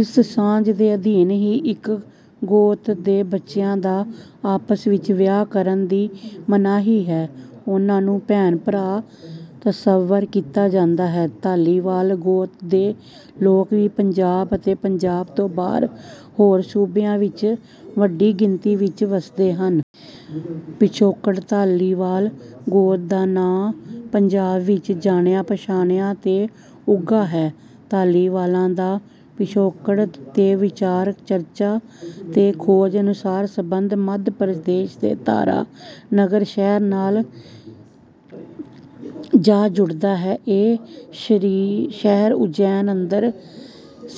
ਇਸ ਸਾਂਝ ਦੇ ਅਧੀਨ ਹੀ ਇੱਕ ਗੋਤ ਦੇ ਬੱਚਿਆਂ ਦਾ ਆਪਸ ਵਿੱਚ ਵਿਆਹ ਕਰਨ ਦੀ ਮਨਾਹੀ ਹੈ। ਉਨ੍ਹਾਂ ਨੂੰ ਭੈਣ ਭਰਾ ਤਸੱਵਰ ਕੀਤਾ ਜਾਂਦਾ ਹੈ। ਧਾਲੀਵਾਲ ਗੋਤ ਦੇ ਲੋਕ ਵੀ ਪੰਜਾਬ ਅਤੇ ਪੰਜਾਬ ਤੋਂ ਬਾਹਰ ਹੋਰ ਸੂਬਿਆਂ ਵਿੱਚ ਵੱਡੀ ਗਿਣਤੀ ਵਿੱਚ ਵਸਦੇ ਹਨ। ਪਿਛੋਕੜ ਧਾਲੀਵਾਲ ਗੋਤ ਦਾ ਨਾਂ ਪੰਜਾਬ ਵਿੱਚ ਜਾਣਿਆ ਪਛਾਣਿਆ ਤੇ ਉੱਘਾ ਹੈ। ਧਾਲੀਵਾਲਾਂ ਦਾ ਪਿਛੋਕੜ ਤੇ ਵਿਚਾਰ ਚਰਚਾ ਤੇ ਖੋਜ ਅਨੁਸਾਰ ਸੰਬੰਧ ਮੱਧ ਪ੍ਰਦੇਸ਼ ਦੇ ਧਾਰਾ ਨਗਰ ਸ਼ਹਿਰ ਨਾਲ ਜਾ ਜੁੜਦਾ ਹੈ। ਇਹ ਸ਼ਹਿਰ ਉਜੈਨ ਅੰਦਰ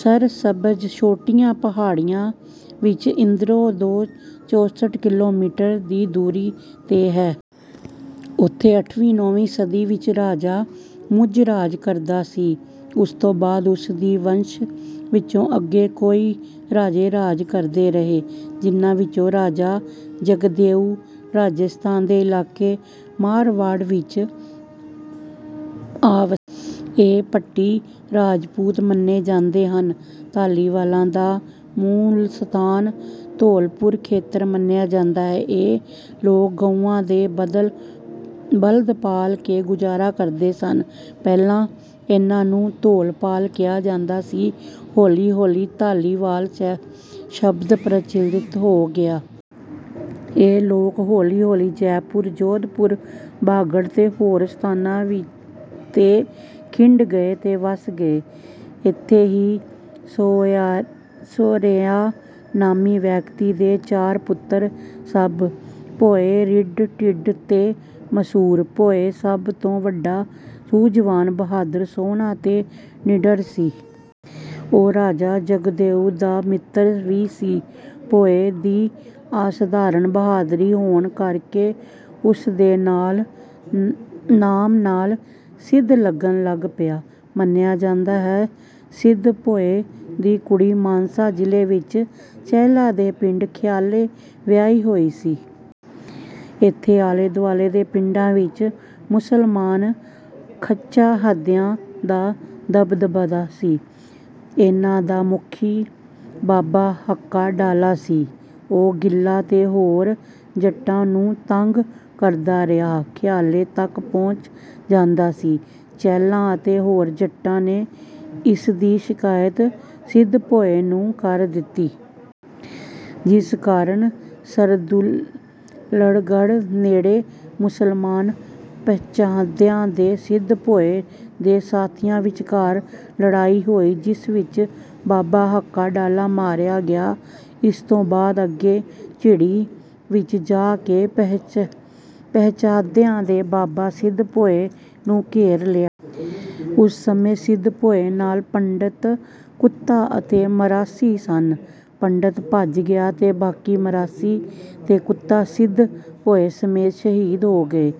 ਸਰਸ਼ਬਜ ਛੋਟੀਆਂ ਪਹਾੜੀਆਂ ਵਿੱਚ ਇੰਦੋਰ ਤੋਂ ਚੌਸਠ ਕਿਲੋਮੀਟਰ ਦੀ ਦੂਰੀ ਤੇ ਹੈ। ਉਥੇ ਅੱਠਵੀਂ ਨੌਵੀਂ ਸਦੀ ਵਿੱਚ ਰਾਜਾ ਮੁੰਜ ਰਾਜ ਕਰਦਾ ਸੀ। ਉਸ ਤੋਂ ਬਾਅਦ ਉਸ ਦੀ ਵੰਸ਼ ਵਿੱਚੋਂ ਅੱਗੇ ਕਈ ਰਾਜੇ ਰਾਜ ਕਰਦੇ ਰਹੇ। ਜਿਹਨਾਂ ਵਿੱਚੋਂ ਰਾਜਾ ਜਗਦੇਉ ਰਾਜਸਥਾਨ ਦੇ ਇਲਾਕੇ ਮਾਰਵਾੜ ਵਿੱਚ ਆ ਵਸਿਆ। ਇਹ ਭੱਟੀ ਰਾਜਪੂਤ ਮੰਨੇ ਜਾਂਦੇ ਹਨ। ਧਾਲੀਵਾਲਾਂ ਦਾ ਮੂਲ ਸਥਾਨ ਧੌਲਪੁਰ ਖੇਤਰ ਮੰਨਿਆ ਜਾਂਦਾ ਹੈ। ਇਹ ਲੋਕ ਗਊਆਂ ਤੇ ਬਲਦ ਪਾਲ ਕੇ ਗੁਜਾਰਾ ਕਰਦੇ ਸਨ ਪਹਿਲਾਂ ਇਹਨਾਂ ਨੂੰ ਧੌਲਪਾਲ ਕਿਹਾ ਜਾਂਦਾ ਸੀ। ਹੌਲੀ ਹੌਲੀ ਧਾਲੀਵਾਲ ਸ਼ਬਦ ਪ੍ਰਚਲਿਤ ਹੋ ਗਿਆ। ਇਹ ਲੋਕ ਹੌਲੀ ਹੌਲੀ ਜੈਪੁਰ ਜੋਧਪੁਰ ਬਾਗੜ ਤੇ ਹੋਰ ਸਥਾਨਾਂ ਤੇ ਖਿੰਡ ਗਏ ਤੇ ਵਸ ਗਏ। ਇੱਥੇ ਹੀ ਸੁਰੇਆ ਨਾਮੀ ਵਿਅਕਤੀ ਦੇ ਚਾਰ ਪੁੱਤਰ ਸਨ ਭੋਇੰ ਰਿੰਡ ਟਿੱਡ ਤੇ ਮਸੂਰ। ਭੋਇੰ ਸਭ ਤੋਂ ਵੱਡਾ ਸੂਝਵਾਨ ਬਹਾਦਰ ਸੋਹਣਾ ਤੇ ਨਿੱਡਰ ਸੀ। ਉਹ ਰਾਜਾ ਜਗਦੇਉ ਦਾ ਮਿੱਤਰ ਵੀ ਸੀ। ਭੋਇੰ ਦੀ ਅਸਾਧਾਰਨ ਬਹਾਦਰੀ ਹੋਣ ਕਰ ਕੇ ਉਸ ਦੇ ਨਾਮ ਨਾਲ ਸਿੱਧ ਲੱਗਣ ਲੱਗ ਪਿਆ। ਮੰਨਿਆ ਜਾਂਦਾ ਹੈ ਸਿੱਧ ਭੋਇੰ ਦੀ ਕੁੜੀ ਮਾਨਸਾ ਜਿਲ੍ਹੇ ਵਿੱਚ ਚਹਿਲਾਂ ਦੇ ਪਿੰਡ ਖਿਆਲੇ ਵਿਆਹੀ ਹੋਈ ਸੀ। ਇੱਥੇ ਆਲੇ ਦੁਆਲੇ ਦੇ ਪਿੰਡਾਂ ਵਿੱਚ ਮੁਸਲਮਾਨ ਖੱਚਾਹਦਿਆਂ ਦਾ ਦਬਦਬਾ ਸੀ। ਇਹਨਾਂ ਦਾ ਮੁਖੀ ਬਾਬਾ ਹੱਕਾ ਡਾਲਾ ਸੀ। ਉਹ ਗਿੱਲਾਂ ਤੇ ਹੋਰ ਜੱਟਾਂ ਨੂੰ ਤੰਗ ਕਰਦਾ ਕਰਦਾ ਖਿਆਲੇ ਤੱਕ ਪਹੁੰਚ ਜਾਂਦਾ ਸੀ। ਚਹਿਲਾਂ ਅਤੇ ਹੋਰ ਜੱਟਾਂ ਨੇ ਇਸ ਦੀ ਸ਼ਿਕਾਇਤ ਸਿੱਧ ਭੋਇੰ ਨੂੰ ਕਰ ਦਿੱਤੀ। ਜਿਸ ਕਾਰਨ ਸਰਦੂਲਗੜ੍ਹ ਨੇੜੇ ਮੁਸਲਮਾਨ ਪਚਾਹਦਿਆਂ ਤੇ ਸਿੱਧ ਭੋਇੰ ਦੇ ਸਾਥੀਆਂ ਵਿਚਕਾਰ ਲੜਾਈ ਹੋਈ ਜਿਸ ਵਿੱਚ ਬਾਬਾ ਹੱਕਾ ਡਾਲਾ ਮਾਰਿਆ ਗਿਆ। ਇਸ ਤੋਂ ਬਾਅਦ ਅੱਗੇ ਝਿੜੀ ਵਿੱਚ ਜਾ ਕੇ ਪਚਾਹਦਿਆਂ ਨੇ ਬਾਬਾ ਸਿੱਧ ਭੋਇੰ ਨੂੰ ਘੇਰ ਲਿਆ। ਉਸ ਸਮੇਂ ਸਿੱਧ ਭੋਇੰ ਨਾਲ ਪੰਡਤ ਕੁੱਤਾ ਅਤੇ ਮਰਾਸੀ ਸਨ। ਪੰਡਤ ਭੱਜ ਗਿਆ ਤੇ ਬਾਕੀ ਮਰਾਸੀ ਤੇ ਕੁੱਤਾ ਸਿੱਧ ਭੋਇੰ ਸਮੇਤ ਸ਼ਹੀਦ ਹੋ ਗਏ।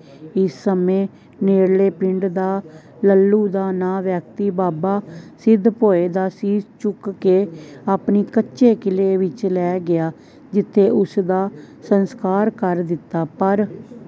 ਇਸ ਸਮੇਂ ਨੇੜਲੇ ਪਿੰਡ ਦਾ ਲੱਲੂ ਨਾਂ ਦਾ ਵਿਅਕਤੀ ਬਾਬਾ ਸਿੱਧ ਭੋਇੰ ਦਾ ਸੀਸ ਚੁੱਕ ਕੇ ਆਪਣੇ ਕੱਚੇ ਕਿਲ੍ਹੇ ਵਿੱਚ ਲੈ ਗਿਆ ਜਿੱਥੇ ਉਸ ਦਾ ਸੰਸਕਾਰ ਕਰ ਦਿੱਤਾ ਗਿਆ। ਪਰ